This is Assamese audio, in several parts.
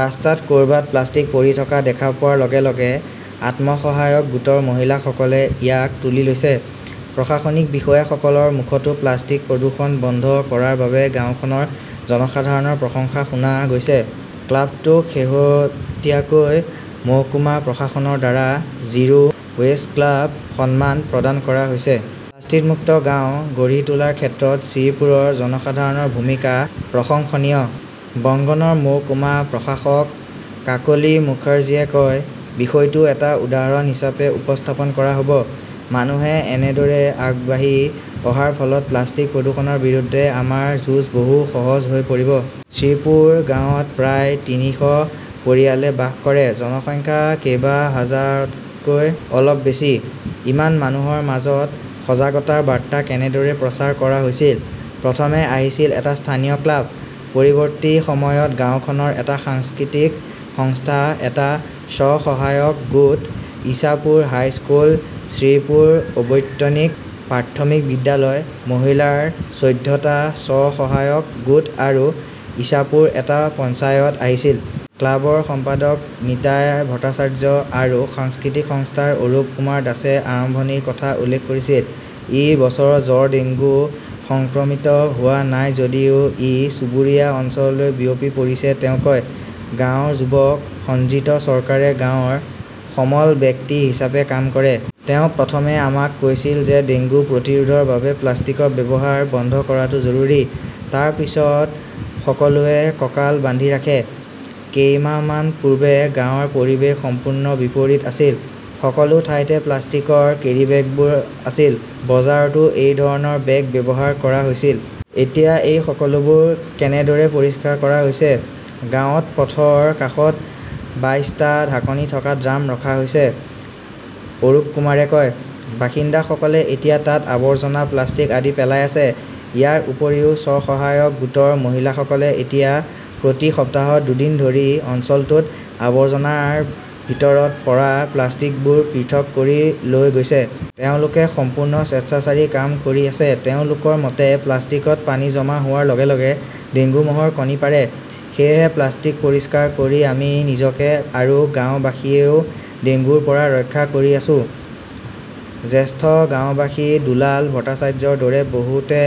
ৰাস্তাত ক'ৰবাত প্লাষ্টিক পৰি থকা দেখা পোৱাৰ লগে লগে আত্মসহায়ক গোটৰ মহিলাসকলে ইয়াক তুলি লৈছে। প্ৰশাসনিক বিষয়াসকলৰ মুখতো প্লাষ্টিক প্ৰদূষণ বন্ধ কৰাৰ বাবে গাওঁখনৰ জনসাধাৰণৰ প্ৰশংসা শুনা গৈছে। ক্লাবটোক শেহতীয়াকৈ মহকুমা প্ৰশাসনৰ দ্বাৰা 'জিৰো ৱেষ্ট ক্লাব' সন্মান প্ৰদান কৰা হৈছে। 'প্লাষ্টিক-মুক্ত গাঁও' গঢ়ি তোলাৰ ক্ষেত্ৰত শ্ৰীপুৰৰ জনসাধাৰণৰ ভূমিকা প্ৰশংসনীয়, বংগনৰ মহকুমা প্ৰশাসক কাকলী মুখাৰ্জীয়ে কয়। বিষয়টো এটা উদাহৰণ হিচাপে উপস্থাপন কৰা হ'ব। মানুহে এনেদৰে আগবাঢ়ি অহাৰ ফলত প্লাষ্টিক প্ৰদূষণৰ বিৰুদ্ধে আমাৰ যুঁজ বহু সহজ হৈ পৰিব। শ্ৰীপুৰ গাঁৱত প্ৰায় তিনিশ পৰিয়ালে বাস কৰে। জনসংখ্যা কেইবাহাজাৰতকৈ অলপ বেছি। ইমান মানুহৰ মাজত সজাগতাৰ বাৰ্তা কেনেদৰে প্ৰচাৰ কৰা হৈছিল? প্ৰথমে আহিছিল এটা স্থানীয় ক্লাব, পৰৱৰ্তী সময়ত গাওঁখনৰ এটা সাংস্কৃতিক সংস্থা, এটা স্ব-সহায়ক গোট, ইছাপুৰ হাইস্কুল, শ্ৰীপুৰ অবৈতনিক প্ৰাথমিক বিদ্যালয়, মহিলাৰ চৈধ্য টা স্ব-সহায়ক গোট আৰু ইছাপুৰ এটা পঞ্চায়ত আহিছিল। ক্লাবৰ সম্পাদক নিতাই ভট্টাচাৰ্য আৰু সাংস্কৃতিক সংস্থাৰ অৰূপকুমাৰ দাসে আৰম্ভণিৰ কথা উল্লেখ কৰিছিল। এই বছৰ জ্বৰ-ডেংগু সংক্ৰমিত হোৱা নাই যদিও ই চুবুৰীয়া অঞ্চললৈ বিয়পি পৰিছে, তেওঁ কয়। গাঁৱৰ যুৱক সঞ্জিত চৰকাৰে গাঁৱৰ সমল ব্যক্তি হিচাপে কাম কৰে। তেওঁ প্ৰথমে আমাক কৈছিল যে ডেংগু প্ৰতিৰোধৰ বাবে প্লাষ্টিকৰ ব্যৱহাৰ বন্ধ কৰাটো জৰুৰী। তাৰ পিছত সকলোৱে কঁকাল বান্ধি ৰাখে। কেইমাহমান পূৰ্বে গাঁৱৰ পৰিৱেশ সম্পূৰ্ণ বিপৰীত আছিল। সকলো ঠাইতে প্লাষ্টিকৰ কেৰীবেগবোৰ আছিল। বজাৰতো এই ধৰণৰ বেগ ব্যৱহাৰ কৰা হৈছিল। এতিয়া এই সকলোবোৰ কেনেদৰে পৰিষ্কাৰ কৰা হৈছে? গাঁৱত পথৰ কাষত বাইশ টা ঢাকনি থকা ড্ৰাম ৰখা হৈছে, অৰূপকুমাৰে কয়। বাসিন্দাসকলে এতিয়া তাত আৱৰ্জনা, প্লাষ্টিক আদি পেলাই আছে। ইয়াৰ উপৰিও, স্ব-সহায়ক গোটৰ মহিলাসকলে এতিয়া প্ৰতি সপ্তাহত দুদিন ধৰি অঞ্চলটোত আৱৰ্জনাৰ ভিতৰত পৰা প্লাষ্টিকবোৰ পৃথক কৰি লৈ গৈছে। তেওঁলোকে সম্পূৰ্ণ স্বেচ্ছাচাৰী কাম কৰি আছে। তেওঁলোকৰ মতে, প্লাষ্টিকত পানী জমা হোৱাৰ লগে লগে ডেংগু মহৰ কণী পাৰে। সেয়েহে প্লাষ্টিক পৰিষ্কাৰ কৰি আমি নিজকে আৰু গাওঁবাসীয়েও ডেংগুৰ পৰা ৰক্ষা কৰি আছো। জ্যেষ্ঠ গাওঁবাসী দুলাল ভট্টাচাৰ্যৰ দৰে বহুতে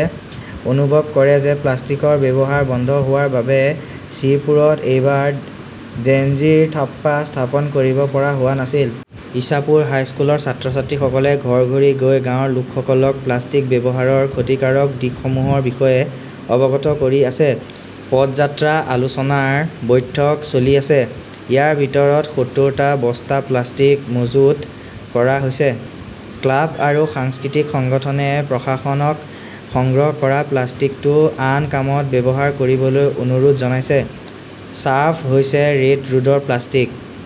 অনুভৱ কৰে যে প্লাষ্টিকৰ ব্যৱহাৰ বন্ধ হোৱাৰ বাবে শ্ৰীপুৰত এইবাৰ ডেঙ্গিৰ থাপ্পা স্থাপন কৰিব পৰা হোৱা নাছিল। ইছাপুৰ হাইস্কুলৰ ছাত্ৰ-ছাত্ৰীসকলে ঘৰ-ঘৰি গৈ গাঁৱৰ লোকসকলক প্লাষ্টিক ব্যৱহাৰৰ ক্ষতিকাৰক দিশসমূহৰ বিষয়ে অৱগত কৰি আছে। পদযাত্ৰা, আলোচনাৰ বৈঠক চলি আছে। ইয়াৰ ভিতৰত সত্তৰ টা বস্তা প্লাষ্টিক মজুত কৰা হৈছে। ক্লাব আৰু সাংস্কৃতিক সংগঠনে প্ৰশাসনক সংগ্ৰহ কৰা প্লাষ্টিকটো আন কামত ব্যৱহাৰ কৰিবলৈ অনুৰোধ জনাইছে। ছাফ হৈছে ৰেড ৰোডৰ প্লাষ্টিক।